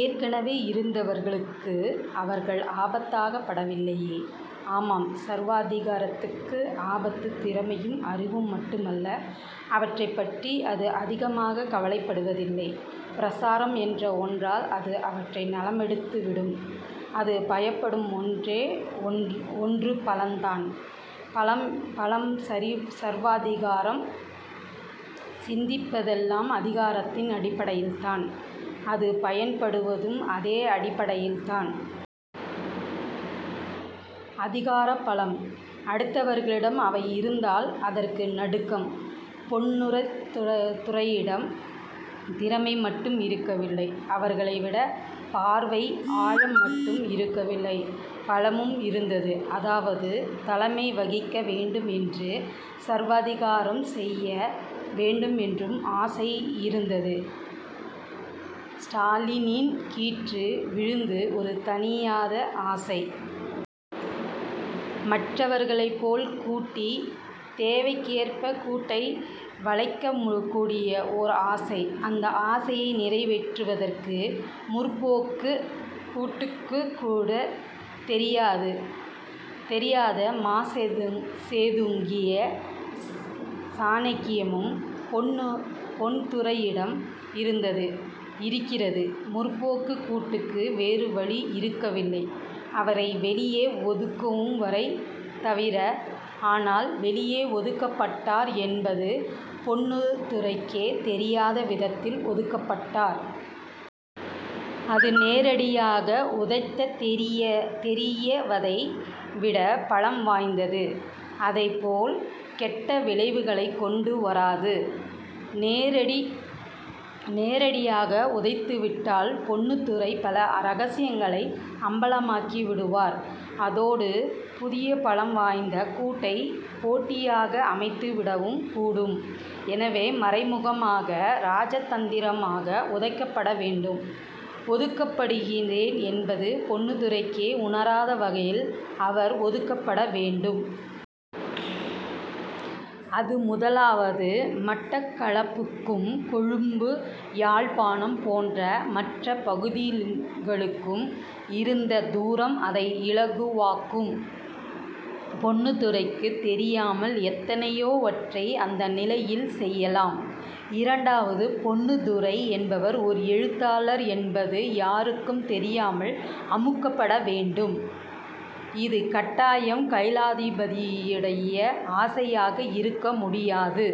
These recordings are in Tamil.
ஏற்கனவே இருந்தவர்களுக்கு அவர்கள் ஆபத்தாகப் படவில்லையே? ஆமாம் சர்வாதிகாரத்துக்கு ஆபத்து திறமையும் அறிவும் மட்டுமல்ல. அவற்றைப்பற்றி அது அதிகமாகக் கவலைப்படுவதில்லை. பிரச்சாரம் என்ற ஒன்றால் அது அவற்றை நலமெடுத்துவிடும் அது பயப்படும் ஒன்றே ஒன்று பலந்தான். பலம் பலம் சர்வாதிகாரம். சிந்திப்பதெல்லாம் அதிகாரத்தின் அடிப்படையில்தான். அது பயப்படுவதும் அதே அடிப்படையில்தான். அதிகாரம் பலம். அடுத்தவர்களிடம் அவை இருந்தால் அதற்கு நடுக்கம். பொன்னுத்துரையிடம் திறமை மட்டும் இருக்கவில்லை. அவர்களைவிடப் பார்வை ஆழம் மட்டும் இருக்கவில்லை. பலமும் இருந்தது. அதாவது தலைமை வகிக்க வேண்டும் என்று, சர்வாதிகாரம் செய்ய வேண்டும் என்று ஆசையும் இருந்தது. ஸ்டாலினியக் கீற்று விழுந்த ஒரு தணியாத ஆசை. மற்றவர்களைப்போல் கூட்டின் தேவைக்கேற்பக் கூட்டை வளைக்கக் கூடிய ஓர் ஆசை. அந்த ஆசையை நிறைவேற்றுவதற்கு 'முற்போக்கு'க் கூட்டுக்குக்கூடத் தெரியாத மாசேதுங்கிய சாணக்கியமும் பொன்னுத்துரையிடம் இருந்தது; இருக்கிறது. 'முற்போக்கு'க் கூட்டுக்கு வேறு வழி இருக்கவில்லை. அவரை வெளியே ஒதுக்குவதைத் தவிர. ஆனால் வெளியே ஒதுக்கப்பட்டார் என்பது பொன்னுத்துரைக்கே தெரியாத விதத்தில் ஒதுக்கப்பட்டார். அது நேரடியாக உதைத்தெறிவதை விடப் பலம் வாய்ந்தது. அதைப்போல் கெட்ட விளைவுகளையும் கொண்டு வராது. நேரடியாக உதைத்துவிட்டால் பொன்னுத்துரை பல ரகசியங்களை அம்பலமாக்கிவிடுவார். அதோடு புதிய பலம் வாய்ந்த கூட்டை போட்டியாக அமைத்துவிடவும் கூடும். எனவே மறைமுகமாக ராஜதந்திரமாக உதைக்கப்பட வேண்டும். ஒதுக்கப்படுகிறேன் என்பதைப் பொன்னுத்துரையே உணராத வகையில் அவர் ஒதுக்கப்பட வேண்டும். அது முதலாவது. மட்டக்களப்புக்கும் கொழும்பு யாழ்ப்பாணம் போன்ற மற்ற பகுதிகளுக்கும் இருந்த தூரம் அதை இலகுவாக்கும். பொன்னுத்துரைக்குத் தெரியாமல் எத்தனையோவற்றை அந்த நிலையில் செய்யலாம். இரண்டாவது, பொன்னுத்துரை என்பவர் ஓர் எழுத்தாளர் என்பது யாருக்கும் தெரியாமல் அமுக்கப்பட வேண்டும். இது கட்டாயம் கைலாசபதியினுடைய ஆசையாய் இருக்க முடியாது.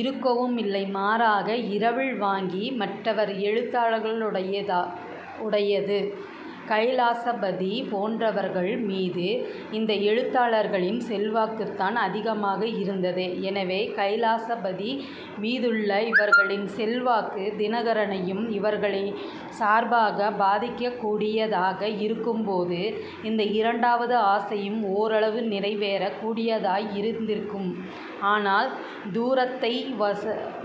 இருக்கவுமில்லை. மாறாக, இரவல் வாங்கிய மற்ற எழுத்தாளர்களுடையது. கைலாசபதி போன்றவர்கள் மீதும் இந்த எழுத்தாளர்களின் செல்வாக்குத்தான் அதிகமாக இருந்தது. எனவே கைலாசபதி மீதுள்ள இவர்களின் செல்வாக்கு 'தினகரனை'யும் இவர்களின் சார்பாகப் பாதிக்கக் கூடியதாக இருக்கும்போது இந்த இரண்டாவது ஆசையும் ஓரளவுக்கு நிறைவேறக் கூடியதாய் இருந்திருக்கும். ஆனால் தூரத்தையும்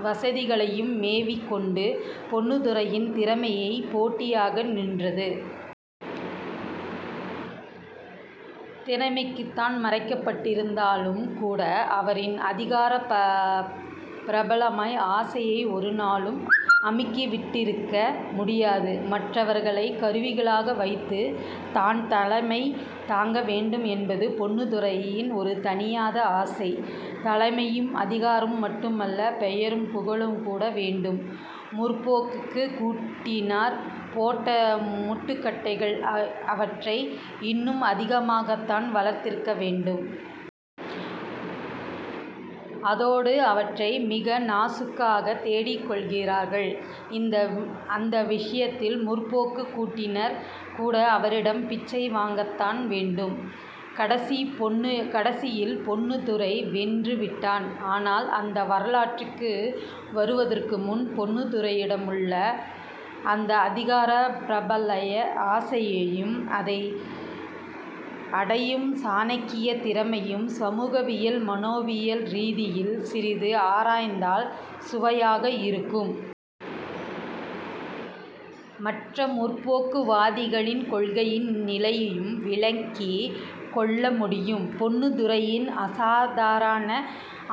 வசதிகளையும் மேவிக்கொண்டு பொன்னுத்துரையின் திறமை போட்டியாக நின்றது. திறமைதான் மறைக்கப்பட்டிருந்தாலுங்கூட அவரின் அதிகார பிரபல்ய ஆசையை ஒரு நாளும் அமுக்கிவிட்டிருக்க முடியாது. மற்றவர்களைக் கருவிகளாக வைத்துத் தான் தலைமை தாங்க வேண்டும் என்பது பொன்னுத்துரையின் ஒரு தணியாத ஆசை. தலைமையும் அதிகாரமும் மட்டுமல்ல பெயரும் புகழும் கூட வேண்டும். 'முற்போக்கு'க் கூட்டினர் போட்ட முட்டுக்கட்டைகள் அவற்றை இன்னும் அதிகமாகத்தான் வளர்த்திருக்க வேண்டும். அதோடு அவற்றை அவர் மிக நாசூக்காகத் தேடிக்கொள்கிறார். அந்த விஷயத்தில் 'முற்போக்கு'க் கூட்டினர் கூட அவரிடம் பிச்சை வாங்கத்தான் வேண்டும். கடைசியில் பொன்னுத்துரை வென்றுவிட்டார். ஆனால் அந்த வரலாற்றுக்கு வருவதற்கு முன் பொன்னுத்துரையிடமுள்ள அந்த அதிகார பிரபல்ய ஆசையையும் அதை அடையும் சாணக்கியத் திறமையையும் சமூகவியல், மனோவியல் ரீதியில் சிறிது ஆராய்ந்தால் சுவையாக இருக்கும். மற்ற 'முற்போக்கு' வாதிகளின் கொள்கை நிலையும் விளங்கிக் கொள்ள முடியும். பொன்னுத்துரையின் அசாதாரண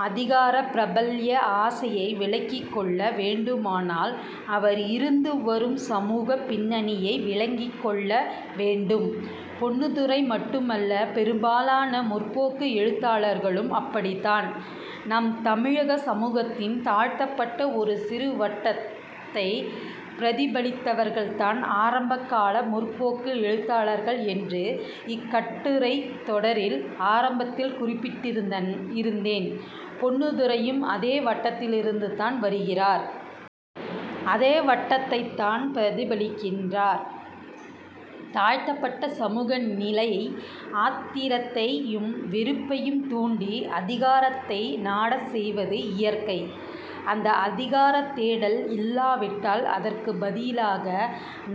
அதிகார பிரபல்ய ஆசையை விளங்கிக்கொள்ள வேண்டுமானால் அவர் இருந்து வரும் சமூகப் பின்னணியை விளங்கிக்கொள்ள வேண்டும். பொன்னுத்துரை மட்டுமல்ல பெரும்பாலான 'முற்போக்கு' எழுத்தாளர்களும் அப்படித்தான். நம் தமிழ்ச் சமூகத்தின் தாழ்த்தப்பட்ட ஒரு சிறு வட்டத்தைப் பிரதிபலிப்பவர்கள்தான் ஆரம்பகால 'முற்போக்கு' எழுத்தாளர்கள் என்று இக்கட்டுரைத் தொடரின் ஆரம்பத்தில் குறிப்பிட்டிருந்தேன் பொன்னுத்துரையும் அதே வட்டத்திலிருந்துதான் வருகிறார். அதே வட்டத்தைத்தான் பிரதிபலிக்கிறார். தாழ்த்தப்பட்ட சமூகநிலை ஆத்திரத்தையும் வெறுப்பையும் தூண்டி அதிகாரத்தை நாடச் செய்வது இயற்கை. அந்த அதிகாரத் தேடல் இல்லாவிட்டால் அதற்குப் பதிலாக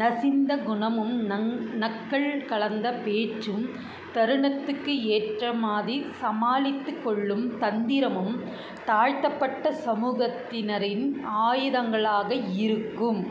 நசிந்த குணமும், நக்கல் கலந்த பேச்சும், தருணத்துக்கு ஏற்ற மாதிரிச் சமாளித்துக் கொள்ளும் தந்திரமும் தாழ்த்தப்பட்ட சமூகத்தினரின் ஆயுதங்களாக இருக்கும்.